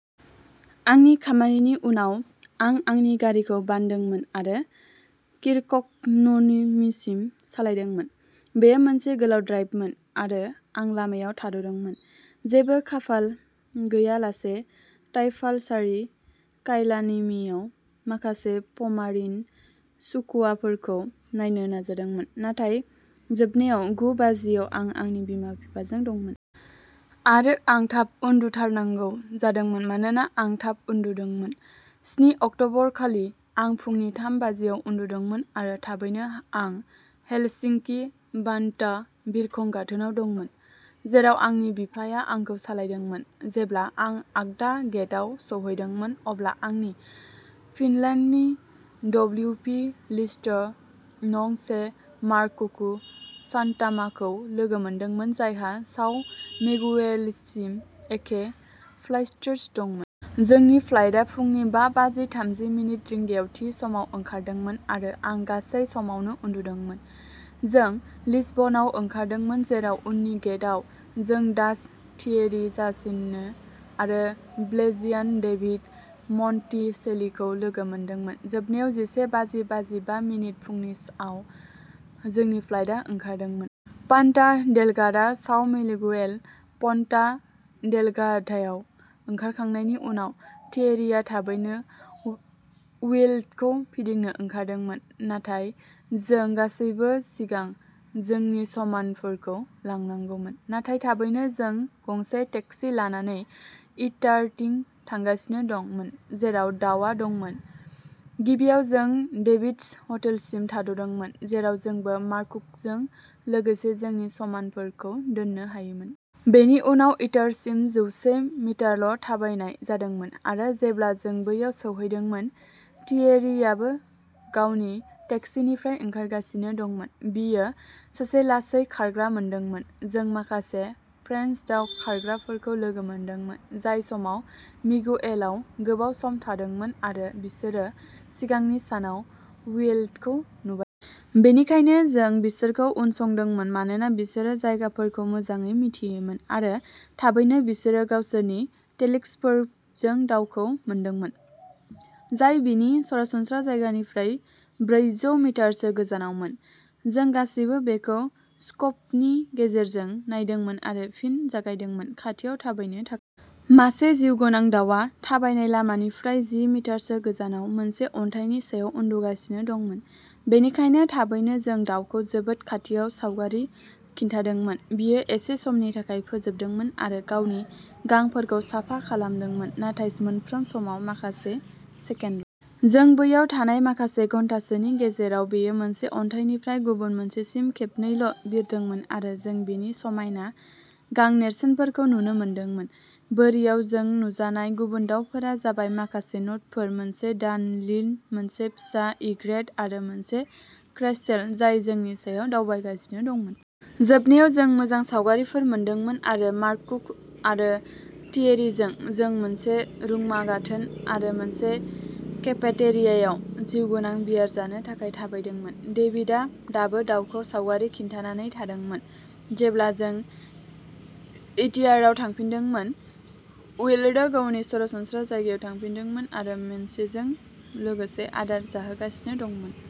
आंनि खामानिनि उनाव, आं आंनि गारिखौ बानदोंमोन आरो किर्कक'नुमिसिम सालायदोंमोन। बेयो मोनसे गोलाव ड्राइभमोन आरो आं लामायाव थाद'दोंमोन, जेबो खाफाल गैयालासे ताइपालसारि काइलानिमिआव माखासे प'मारिन स्कुआफोरखौ नायनो नाजादोंमोन, नाथाय जोबनायाव गु बाजियाव आं आंनि बिमा-बिफाजों दंमोन। आरो आं थाब उन्दुथारनांगौ जादोंमोन मानोना आं थाब उन्दुदोंमोन। स्नि अक्ट'बरखालि आं फुंनि थाम बाजियाव उन्दुदोंमोन आरो थाबैनो आं हेलसिंकि भान्टा बिरखं गाथोनाव दंमोन, जेराव आंनि बिफाया आंखौ सालायदोंमोन। जेब्ला आं आगदा गेटआव सौहैदोंमोन, अब्ला आं फिनलेन्डनि डब्लिउपि-लिस्टार नं से मार्ककु सान्टामाखौ लोगो मोनदोंमोन, जायहा साव मिगुवेलसिम एखे फ्लाइट्स दंमोन। जोंनि फ्लाइटा फुंनि बा बाजि थामजि मिनिट रिंगायाव थि समाव ओंखारदोंमोन आरो आं गासै समावनो उन्दुदोंमोन। जों लिसबनआव ओंखारदोंमोन जेराव उननि गेटआव जों डाच थियेरि जानसेन आरो बेल्जियान डेभिड मन्टिसेलिखौ लोगो मोनदोंमोन। जोबनायाव जिसे बाजि बाजिबा मिनिट फुंनि आव जोंनि फ्लाइटा ओंखारदोंमोन। पन्टा डेलगाडा, साव मिगुएल। पन्टा डेलगाडायाव ओंखारखांनायनि उनाव थियेरीआ थाबैनो विलेटखौ फिदिंनो ओंखारदोंमोन, नाथाय जों गासैबो सिगां जोंनि समानफोरखौ लांनांगौमोन। नाथाय थाबैनो जों गंसे टेक्सि लानानै इटारथिं थांगासिनो दंमोन, जेराव दाउआ दंमोन। गिबियाव जों डेभिडस हटेलसिम थाद'दोंमोन, जेराव जोंबो मार्ककुजों लोगोसे जोंनि समानफोरखौ दोननो हायोमोन। बेनि उनाव इटारसिम जौसे मिटारल' थाबायनाय जादोंमोन। आरो जेब्ला जों बैयाव सौहैदोंमोन, थियेरीआबो गावनि टेक्सीनिफ्राय ओंखारगासिनो दंमोन, बियो सासे लासै खारग्रा मोनदोंमोन। जों माखासे फ्रेन्स दाव खारग्राफोरखौ लोगो मोनदोंमोन, जाय साव मिगुएलआव गोबाव सम थादोंमोन आरो बिसोरो सिगांनि सानाव विलेटखौ नुबायमोन। बेनिखायनो जों बिसोरखौ उनसंदोंमोन मानोना बिसोरो जायगाफोरखौ मोजाङै मिथियोमोन। आरो थाबैनो बिसोरो गावसोरनि टेलिस्कोपजों दावखौ मोनदोंमोन, जाय बिनि सरासनस्रा जायगानिफ्राय ब्रैजौ मिटारसो गोजानावमोन। जों गासैबो बेखौ स्कोपनि गेजेरजों नायदोंमोन आरो फिन जागायदोंमोन। खाथियाव थाबायनो था मासे जिउगोनां दाउआ थाबायनाय लामानिफ्राय जि मिटारसो गोजानाव मोनसे अन्थाइनि सायाव उन्दुगासिनो दंमोन। बेनिखायनो थाबैनो जों दाउखौ जोबोद खाथियाव सावगारि खिन्थादोंमोन बियो एसे समनि थाखाय फोजोबदोंमोन आरो गावनि गांफोरखौ साफा खालामदोंमोन, नाथाय मोनफ्रोम समाव माखासे सेकेन्ड। जों बैयाव थानाय माखासे घन्टासोनि गेजेराव, बेयो मोनसे अन्थाइनिफ्राय गुबुन मोनसेसिम खेबनैल' बिरदोंमोन आरो जों बिनि समायना गां-नेरसोनफोरखौ नुनो मोनदोंमोन। बोरियाव जों नुजानाय गुबुन दाउफोरा जाबाय माखासे नटफोर, मोनसे डानलिन, मोनसे फिसा इग्रेत आरो मोनसे केस्ट्रेल जाय जोंनि सायाव दावबायगासिनो दंमोन। जोबनायाव जों मोजां सावगारिफोर मोनदोंमोन आरो मार्ककु आरो थियेरीजों जों मोनसे रुंमा गाथोन आरो मोनसे केफेटेरियायाव जिउगोनां-बियार जानो थाखाय थाबायदोंमोन। डेभिडआ दाबो दाउखौ सावगारि खिन्थानानै थादोंमोन। जेब्ला जों इटिएआरआव थांफिनदोंमोन, विलेटआ गावनि सरासनस्रा जायगायाव थांफिनदोंमोन आरो मोनसेजों लोगोसे आदार जाहोगासिनो दंमोन।